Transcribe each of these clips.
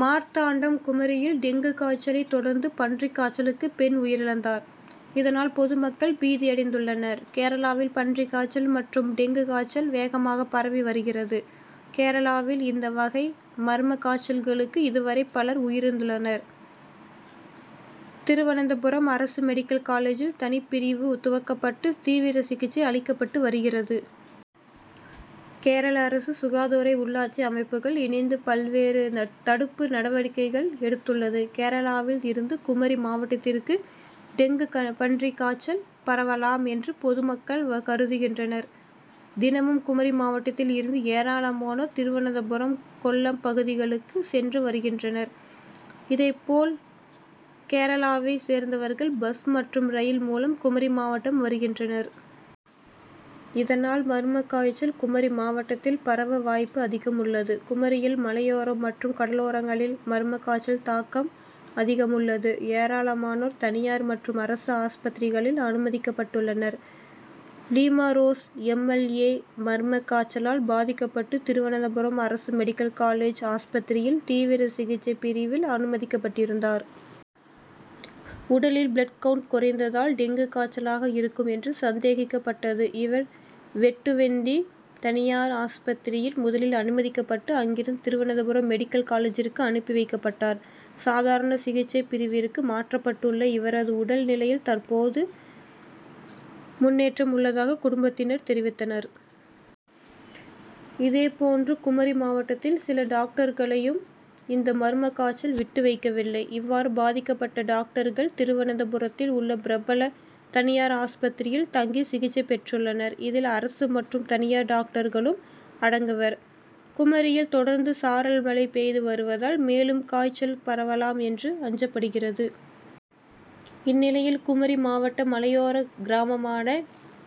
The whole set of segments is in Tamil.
மார்த்தாண்டம் குமரியில் டெங்கு காய்ச்சலை தொடர்ந்து பன்றி காய்ச்சலுக்கு பெண் உயிரிழந்தார். இதனால் பொதுமக்கள் பீதியடைந்துள்ளனர். கேரளாவில் பன்றி காய்ச்சல் மற்றும் டெங்கு காய்ச்சல் வேகமாக பரவி வருகிறது. கேரளாவில் இந்த வகை மர்ம காய்ச்சல்களுக்கு இதுவரை பலர் உயிரிழந்துள்ளனர். திருவனந்தபுரம் அரசு மெடிக்கல் காலேஜில் தனிப்பிரிவு துவக்கப்பட்டு தீவிர சிகிச்சை அளிக்கப்பட்டு வருகிறது. கேரள அரசு, சுகாதாரத்துறை, உள்ளாட்சி அமைப்புகள் இணைந்து பல்வேறு தடுப்பு நடவடிக்கைகள் எடுத்துள்ளது. கேரளாவில் இருந்து குமரி மாவட்டத்திற்கு டெங்கு, பன்றி காய்ச்சல் பரவலாம் என்று பொதுமக்கள் கருதுகின்றனர். தினமும் குமரி மாவட்டத்தில் இருந்து ஏராளமானோர் திருவனந்தபுரம், கொல்லம் பகுதிகளுக்கு சென்று வருகின்றனர். இதை போல் கேரளாவை சேர்ந்தவர்கள் பஸ் மற்றும் ரயில் மூலம் குமரி மாவட்டம் வருகின்றனர். இதனால் மர்ம காய்ச்சல் குமரி மாவட்டத்தில் பரவ வாய்ப்பு அதிகமுள்ளது. குமரியில் மலையோரம் மற்றும் கடலோரங்களில் மர்ம காய்ச்சல் தாக்கம் அதிகமுள்ளது. ஏராளமானோர் தனியார் மற்றும் அரசு ஆஸ்பத்திரிகளில் அனுமதிக்கப்பட்டுள்ளனர். லீமாறோஸ் எம். எல். ஏ., மர்ம காய்ச்சலால் பாதிக்கப்பட்டு திருவனந்தபுரம் அரசு மெடிக்கல் காலேஜ் ஆஸ்பத்திரியில் தீவிர சிகிச்சை பிரிவில் அனுமதிக்கப்பட்டிருந்தார். உடலில் பிளட் கவுண்ட் குறைந்ததால் டெங்கு காய்ச்சலாக இருக்கும் என்று சந்தேகிக்கப்பட்டது. இவர் வெட்டுவெந்நி தனியார் ஆஸ்பத்திரியில் முதலில் அனுமதிக்கப்பட்டு, அங்கிருந்து திருவனந்தபுரம் மெடிக்கல் காலேஜிற்கு அனுப்பி வைக்கப்பட்டார். சாதாரண சிகிச்சை பிரிவிற்கு மாற்றப்பட்டுள்ள இவரது உடல் நிலையில் தற்பொழுது முன்னேற்றம் உள்ளதாக குடும்பத்தினர் தெரிவித்தனர். இதேப்போன்று குமரி மாவட்டத்தில் சில டாக்டர்களையும் இந்த மர்ம காய்ச்சல் விட்டு வைக்கவில்லை. இவ்வாறு பாதிக்கப்பட்ட டாக்டர்கள் திருவனந்தபுரத்தில் உள்ள பிரபல தனியார் ஆஸ்பத்திரியில் தங்கி சிகிச்சை பெற்றுள்ளனர். இதில் அரசு மற்றும் தனியார் டாக்டர்களும் அடங்குவர். குமரியில் தொடர்ந்து சாரல் மழை பெய்து வருவதால் மேலும் காய்ச்சல் பரவலாம் என்று அஞ்சப்படுகிறது. இந்நிலையில் குமரி மாவட்ட மலையோர கிராமமான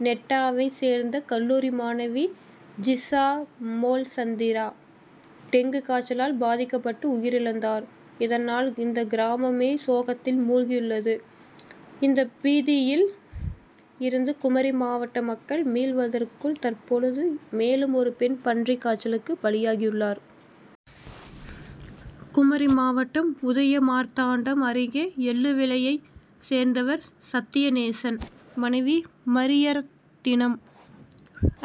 நெட்டாவை சேர்ந்த கல்லூரி மாணவி ஜிசாமோள்சந்திரா டெங்கு காய்ச்சலால் பாதிக்கப்பட்டு உயிரிழந்தார். இதனால் இந்த கிராமமே சோகத்தில் முழ்கியுள்ளது. இந்த பீதியில் இருந்து குமரி மாவட்ட மக்கள் மீள்வதற்குள் தற்பொழுது மேலும் ஒரு பெண் பன்றி காய்ச்சலுக்கு பலியாகியுள்ளார். குமரி மாவட்டம், உதயமார்த்தாண்டம் அருகே எள்ளுவிளையை சேர்ந்தவர் சத்தியநேசன் மனைவி மரியரத்தினம்.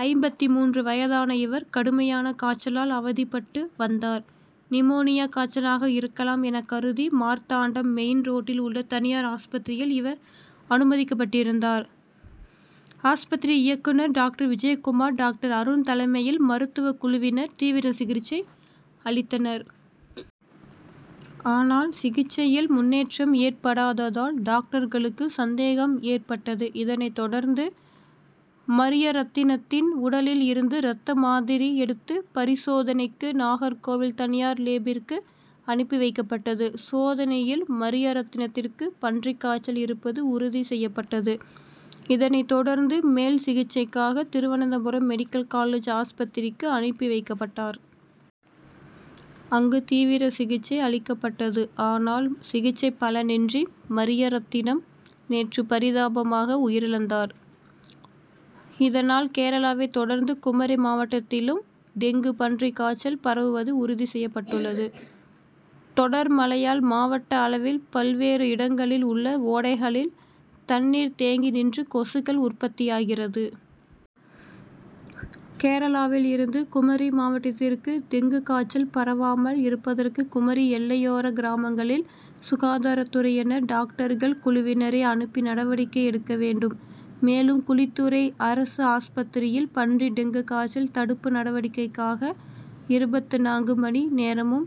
ஐம்பத்து மூன்று வயதான இவர் கடுமையான காய்ச்சலால் அவதிப்பட்டு வந்தார். நிமோனியா காய்ச்சலாக இருக்கலாம் என கருதி மார்த்தாண்டம் மெயின் ரோட்டில் உள்ள தனியார் ஆஸ்பத்திரியில் இவர் அனுமதிக்கப்பட்டிருந்தார். ஆஸ்பத்திரி இயக்குனர் டாக்டர் விஜயகுமார், டாக்டர் அருண் தலைமையில் மருத்துவ குழுவினர் தீவிர சிகிச்சை அளித்தனர். ஆனால் சிகிச்சையில் முன்னேற்றம் ஏற்படாததால் டாக்டர்களுக்கு சந்தேகம் ஏற்பட்டது. இதனை தொடர்ந்து மரியரத்தினத்தின் உடலில் இருந்து ரத்த மாதிரி எடுத்து பரிசோதனைக்கு நாகர்கோவில் தனியார் லேப்பிற்கு அனுப்பி வைக்கப்பட்டது. சோதனையில் மரியரத்தினத்திற்கு பன்றி காய்ச்சல் இருப்பது உறுதி செய்யப்பட்டது. இதனை தொடர்ந்து மேல் சிகிச்சைக்காக திருவனந்தபுரம் மெடிக்கல் காலேஜ் ஆஸ்பத்திரிக்கு அனுப்பி வைக்கப்பட்டார். அங்கு தீவிர சிகிச்சை அளிக்கப்பட்டது. ஆனால் சிகிச்சை பலனின்றி மரியரத்தினம் நேற்று பரிதாபமாக உயிரிழந்தார். இதனால் கேரளாவை தொடர்ந்து குமரி மாவட்டத்திலும் டெங்கு, பன்றி காய்ச்சல் பரவுவது உறுதி செய்யப்பட்டுள்ளது. தொடர் மழையால் மாவட்ட அளவில் பல்வேறு இடங்களில் உள்ள ஓடைகளில் தண்ணீர் தேங்கி நின்று கொசுக்கள் உற்பத்தியாகிறது. கேரளாவில் இருந்து குமரி மாவட்டத்திற்கு டெங்கு காய்ச்சல் பரவாமல் இருப்பதற்கு குமரி எல்லையோர கிராமங்களில் சுகாதாரத்துறையினர் டாக்டர்கள் குழுவினரை அனுப்பி நடவடிக்கை எடுக்க வேண்டும். மேலும் குழித்துறை அரசு ஆஸ்பத்திரியில் பன்றி, டெங்கு காய்ச்சல் தடுப்பு நடவடிக்கைக்காக இருபத்து நான்கு மணி நேரமும்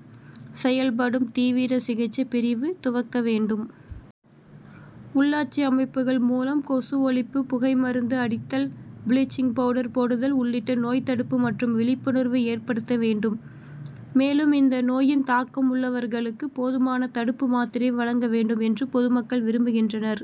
செயல்படும் தீவிர சிகிச்சை பிரிவு துவக்க வேண்டும். உள்ளாட்சி அமைப்புகள் மூலம் கொசு ஒழிப்பு புகைமருந்து அடித்தல், பிளீச்சிங் பவுடர் போடுதல் உள்ளிட்ட நோய் தடுப்பு மற்றும் விழிப்புணர்வு ஏற்படுத்த வேண்டும். மேலும் இந்த நோயின் தாக்கம் உள்ளவர்களுக்கு போதுமான தடுப்பு மாத்திரை வழங்க வேண்டும் என்று பொதுமக்கள் விரும்புகின்றனர்.